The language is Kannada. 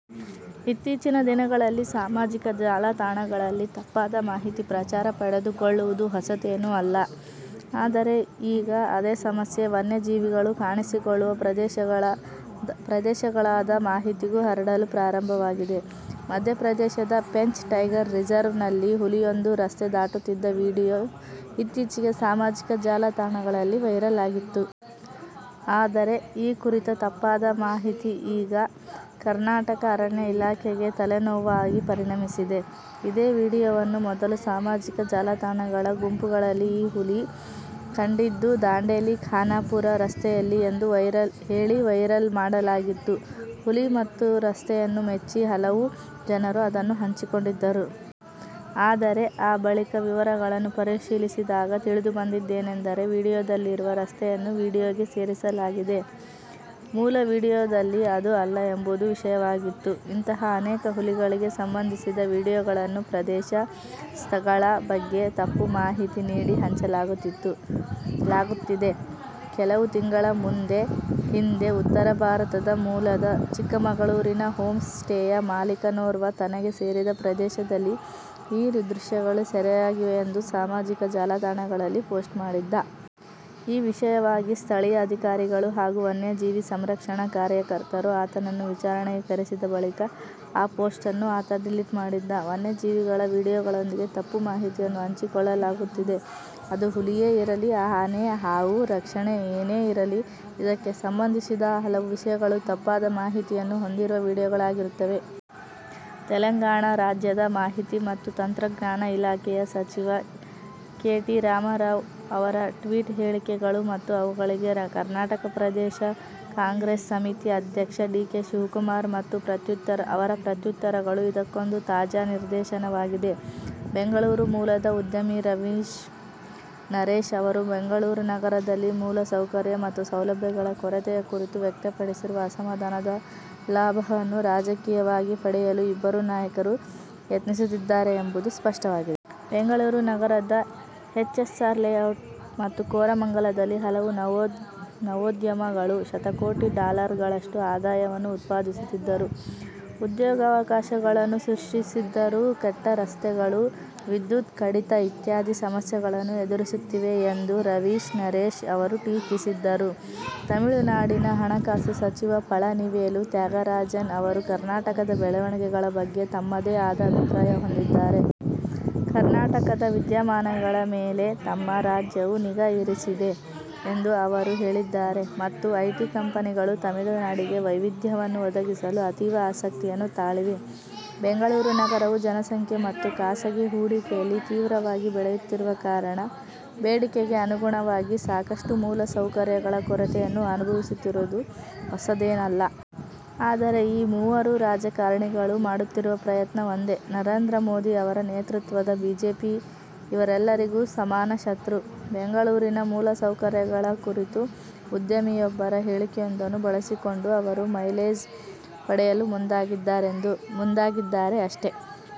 ಇತ್ತೀಚಿನ ದಿನಗಳಲ್ಲಿ ಸಾಮಾಜಿಕ ಜಾಲತಾಣಗಳಲ್ಲಿ ತಪ್ಪಾದ ಮಾಹಿತಿ ಪ್ರಚಾರ ಪಡೆದುಕೊಳ್ಳುವುದು ಹೊಸತೇನು ಅಲ್ಲ. ಆದರೆ ಈಗ ಅದೇ ಸಮಸ್ಯೆ ವನ್ಯಜೀವಿಗಳು ಕಾಣಿಸಿಕೊಳ್ಳುವ ಪ್ರದೇಶಗಳದ ಮಾಹಿತಿಗೂ ಹರಡಲು ಪ್ರಾರಂಭವಾಗಿದೆ. ಮಧ್ಯಪ್ರದೇಶದ ಪೆಂಚ್ ಟೈಗರ್ ರಿಸರ್ವ್ ನಲ್ಲಿ ಹುಲಿಯೊಂದು ರಸ್ತೆ ದಾಟುತ್ತಿದ್ದ ವಿಡಿಯೋ ಇತ್ತೀಚೆಗೆ ಸಾಮಾಜಿಕ ಜಾಲತಾಣಗಳಲ್ಲಿ ವೈರಲ್ ಆಗಿತ್ತು. ಆದರೆ ಈ ಕುರಿತ ತಪ್ಪಾದ ಮಾಹಿತಿ ಈಗ ಕರ್ನಾಟಕ ಅರಣ್ಯ ಇಲಾಖೆಗೆ ತಲೆನೋವಾಗಿ ಪರಿಣಮಿಸಿದೆ. ಇದೇ ವಿಡಿಯೋವನ್ನು ಮೊದಲು ಸಾಮಜಿಕ ಜಾಲತಾಣಗಳ ಗುಂಪುಗಳಲ್ಲಿ ಈ ಹುಲಿ ಕಂಡಿದ್ದು ದಾಂಡೆಲಿ-ಖಾನಾಪುರ ರಸ್ತೆಯಲ್ಲಿ ಎಂದು ಹೇಳಿ ವೈರಲ್ ಮಾಡಲಾಗಿತ್ತು. ಹುಲಿ ಮತ್ತು ರಸ್ತೆಯನ್ನು ಮೆಚ್ಚಿ ಹಲವು ಜನರು ಅದನ್ನು ಹಂಚಿಕೊಂಡಿದ್ದರು. ಆದರೆ ಆ ಬಳಿಕ ವಿವರಗಳನ್ನು ಪರಿಶೀಲಿಸಿದಾಗ ತಿಳಿದುಬಂದಿದ್ದೇನೆಂದರೆ ವಿಡಿಯೋದಲ್ಲಿರುವ ರಸ್ತೆಯನ್ನು ವಿಡಿಯೋಗೆ ಸೇರಿಸಲಾಗಿದೆ. ಮೂಲ ವಿಡಿಯೋದಲ್ಲಿ ಅದು ಇಲ್ಲ ಎಂಬುದು ವಿಷಯವಾಗಿತ್ತು. ಇಂಥಹ ಅನೇಕ ಹುಲಿಗಳಿಗೆ ಸಂಬಂಧಿಸಿದ ವಿಡಿಯೋಗಳನ್ನು ಪ್ರದೇಶ, ಸ್ಥಗಳ ಬಗ್ಗೆ ತಪ್ಪು ಮಾಹಿತಿ ನೀಡಿ ಹಂಚಲಾಗುತ್ತಿದೆ. ಕೆಲವು ತಿಂಗಳ ಹಿಂದೆ ಉತ್ತರ ಭಾರತದ ಮೂಲದ ಚಿಕ್ಕಮಗಳೂರಿನಲ್ಲಿ ಹೋಮ್ ಸ್ಟೇಯ ಮಾಲಿಕನೋರ್ವ ತನಗೆ ಸೇರಿದ ಪ್ರದೇಶದಲ್ಲಿ ಈ ದೃಶ್ಯಗಳು ಸೆರೆಯಾಗಿವೆ ಎಂದು ಸಾಮಾಜಿಕ ಜಾಲತಾಣಗಳಲ್ಲಿ ಪೋಸ್ಟ್ ಮಾಡಿದ್ದ. ಈ ವಿಷಯವಾಗಿ ಸ್ಥಳೀಯ ಅಧಿಕಾರಿಗಳು ಹಾಗೂ ವನ್ಯಜೀವಿ ಸಂರಕ್ಷಣಾ ಕಾರ್ಯಕರ್ತರು ಆತನನ್ನು ವಿಚಾರಣೆಗೆ ಕರೆಸಿದ ಬಳಿಕ ಆ ಪೋಸ್ಟ್ ನ್ನು ಆತ ಡಿಲೀಟ್ ಮಾಡಿದ್ದ. ವನ್ಯಜೀವಿಗಳ ವಿಡಿಯೋಗಳೊಂದಿಗೆ ತಪ್ಪು ಮಾಹಿತಿಯನ್ನು ಹಂಚಿಕೊಳ್ಳಲಾಗುತ್ತಿದೆ. ಅದು ಹುಲಿಯೇ ಇರಲಿ, ಆನೆ, ಹಾವು ರಕ್ಷಣೆ ಏನೇ ಇರಲಿ. ಇದಕ್ಕೆ ಸಂಬಂಧಿಸಿದ ಹಲವು ವಿಷಯಗಳು ತಪ್ಪಾದ ಮಾಹಿತಿಯನ್ನು ಹೊಂದಿರುವ ವಿಡಿಯೋಗಳಾಗಿರುತ್ತವೆ. ತೆಲಂಗಾಣ ರಾಜ್ಯದ ಮಾಹಿತಿ ಮತ್ತು ತಂತ್ರಜ್ಞಾನ ಇಲಾಖೆಯ ಸಚಿವ ಕೆ. ಟಿ. ರಾಮರಾವ್ ಅವರ ಟ್ವೀಟ್ ಹೇಳಿಕೆಗಳು ಮತ್ತು ಅವುಗಳಿಗೆ ಕರ್ನಾಟಕ ಪ್ರದೇಶ ಕಾಂಗ್ರೆಸ್ ಸಮಿತಿ ಅಧ್ಯಕ್ಷ ಡಿ. ಕೆ. ಶಿವಕುಮಾರ್ ಅವರ ಪ್ರತ್ಯುತ್ತರಗಳು ಇದಕ್ಕೊಂದು ತಾಜಾ ನಿದರ್ಶನವಾಗಿದೆ. ಬೆಂಗಳೂರು ಮೂಲದ ಉದ್ಯಮಿ ರವೀಶ್ ನರೇಶ್ ಅವರು ಬೆಂಗಳೂರು ನಗರದಲ್ಲಿ ಮೂಲಸೌಕರ್ಯ ಮತ್ತು ಸೌಲಭ್ಯಗಳ ಕೊರತೆಯ ಕುರಿತು ವ್ಯಕ್ತಪಡಿಸಿರುವ ಅಸಮಾಧಾನದ ಲಾಭವನ್ನು ರಾಜಕೀಯವಾಗಿ ಪಡೆಯಲು ಇಬ್ಬರೂ ನಾಯಕರು ಪ್ರಯತ್ನಿಸುತ್ತಿದ್ದಾರೆ ಎಂಬುದು ಸ್ಪಷ್ಟವಾಗಿದೆ. ಬೆಂಗಳೂರು ನಗರದ ಎಚ್ಎಸ್ಆರ್ ಲೇಔಟ್ ಮತ್ತು ಕೋರಮಂಗಲದಲ್ಲಿ ಹಲವು ನವೋದ್ಯಮ ಗಳು ಶತಕೋಟಿ ಡಾಲರ್ಗಳಷ್ಟು ಆದಾಯವನ್ನು ಉತ್ಪಾದಿಸುತ್ತಿದ್ದರೂ, ಉದ್ಯೋಗಾವಕಾಶಗಳನ್ನು ಸೃಷ್ಟಿಸಿದ್ದರೂ ಕೆಟ್ಟ ರಸ್ತೆಗಳು, ವಿದ್ಯುತ್ ಕಡಿತ ಇತ್ಯಾದಿ ಸಮಸ್ಯೆಗಳನ್ನು ಎದುರಿಸುತ್ತಿವೆ ಎಂದು ರವೀಶ್ ನರೇಶ್ ಅವರು ಟೀಕಿಸಿದ್ದರು. ತಮಿಳುನಾಡಿನ ಹಣಕಾಸು ಸಚಿವ ಪಳನಿವೇಲು ತ್ಯಾಗರಾಜನ್ ಅವರೂ ಕರ್ನಾಟಕದ ಬೆಳವಣಿಗೆಗಳ ಬಗ್ಗೆ ತಮ್ಮದೇ ಆದ ಅಭಿಪ್ರಾಯ ಹೊಂದಿದ್ದಾರೆ. ಕರ್ನಾಟಕದ ವಿದ್ಯಮಾನಗಳ ಮೇಲೆ ತಮ್ಮ ರಾಜ್ಯವು ನಿಗಾ ಇರಿಸಿದೆ ಎಂದು ಅವರು ಹೇಳಿದ್ದಾರೆ. ಮತ್ತು, ಐಟಿ ಕಂಪನಿಗಳು ತಮಿಳುನಾಡಿಗೆ ವೈವಿಧ್ಯವನ್ನು ಒದಗಿಸಲು ಅತೀವ ಆಸಕ್ತಿಯನ್ನು ತಾಳಿವೆ. ಬೆಂಗಳೂರು ನಗರವು ಜನಸಂಖ್ಯೆ ಮತ್ತು ಖಾಸಗಿ ಹೂಡಿಕೆಯಲ್ಲಿ ತೀವ್ರವಾಗಿ ಬೆಳೆಯುತ್ತಿರುವ ಕಾರಣ, ಬೇಡಿಕೆಗೆ ಅನುಗುಣವಾಗಿ ಸಾಕಷ್ಟು ಮೂಲಸೌಕರ್ಯಗಳ ಕೊರತೆಯನ್ನು ಅನುಭವಿಸುತ್ತಿರುವುದು ಹೊಸದೇನಲ್ಲ. ಆದರೆ ಈ ಮೂವರು ರಾಜಕಾರಣಿಗಳು ಮಾಡುತ್ತಿರುವ ಪ್ರಯತ್ನ ಒಂದೇ: ನರೇಂದ್ರ ಮೋದಿ ಅವರ ನೇತೃತ್ವದ ಬಿಜೆಪಿ ಇವರೆಲ್ಲರಿಗೂ ಸಮಾನ ಶತ್ರು. ಬೆಂಗಳೂರಿನ ಮೂಲಸೌಕರ್ಯಗಳ ಕುರಿತು ಉದ್ಯಮಿಯೊಬ್ಬರ ಹೇಳಿಕೆಯೊಂದನ್ನು ಬಳಸಿಕೊಂಡು ಅವರು ಮೈಲೇಜ್ ಪಡೆಯಲು ಮುಂದಾಗಿದ್ದಾರೆ, ಅಷ್ಟೇ.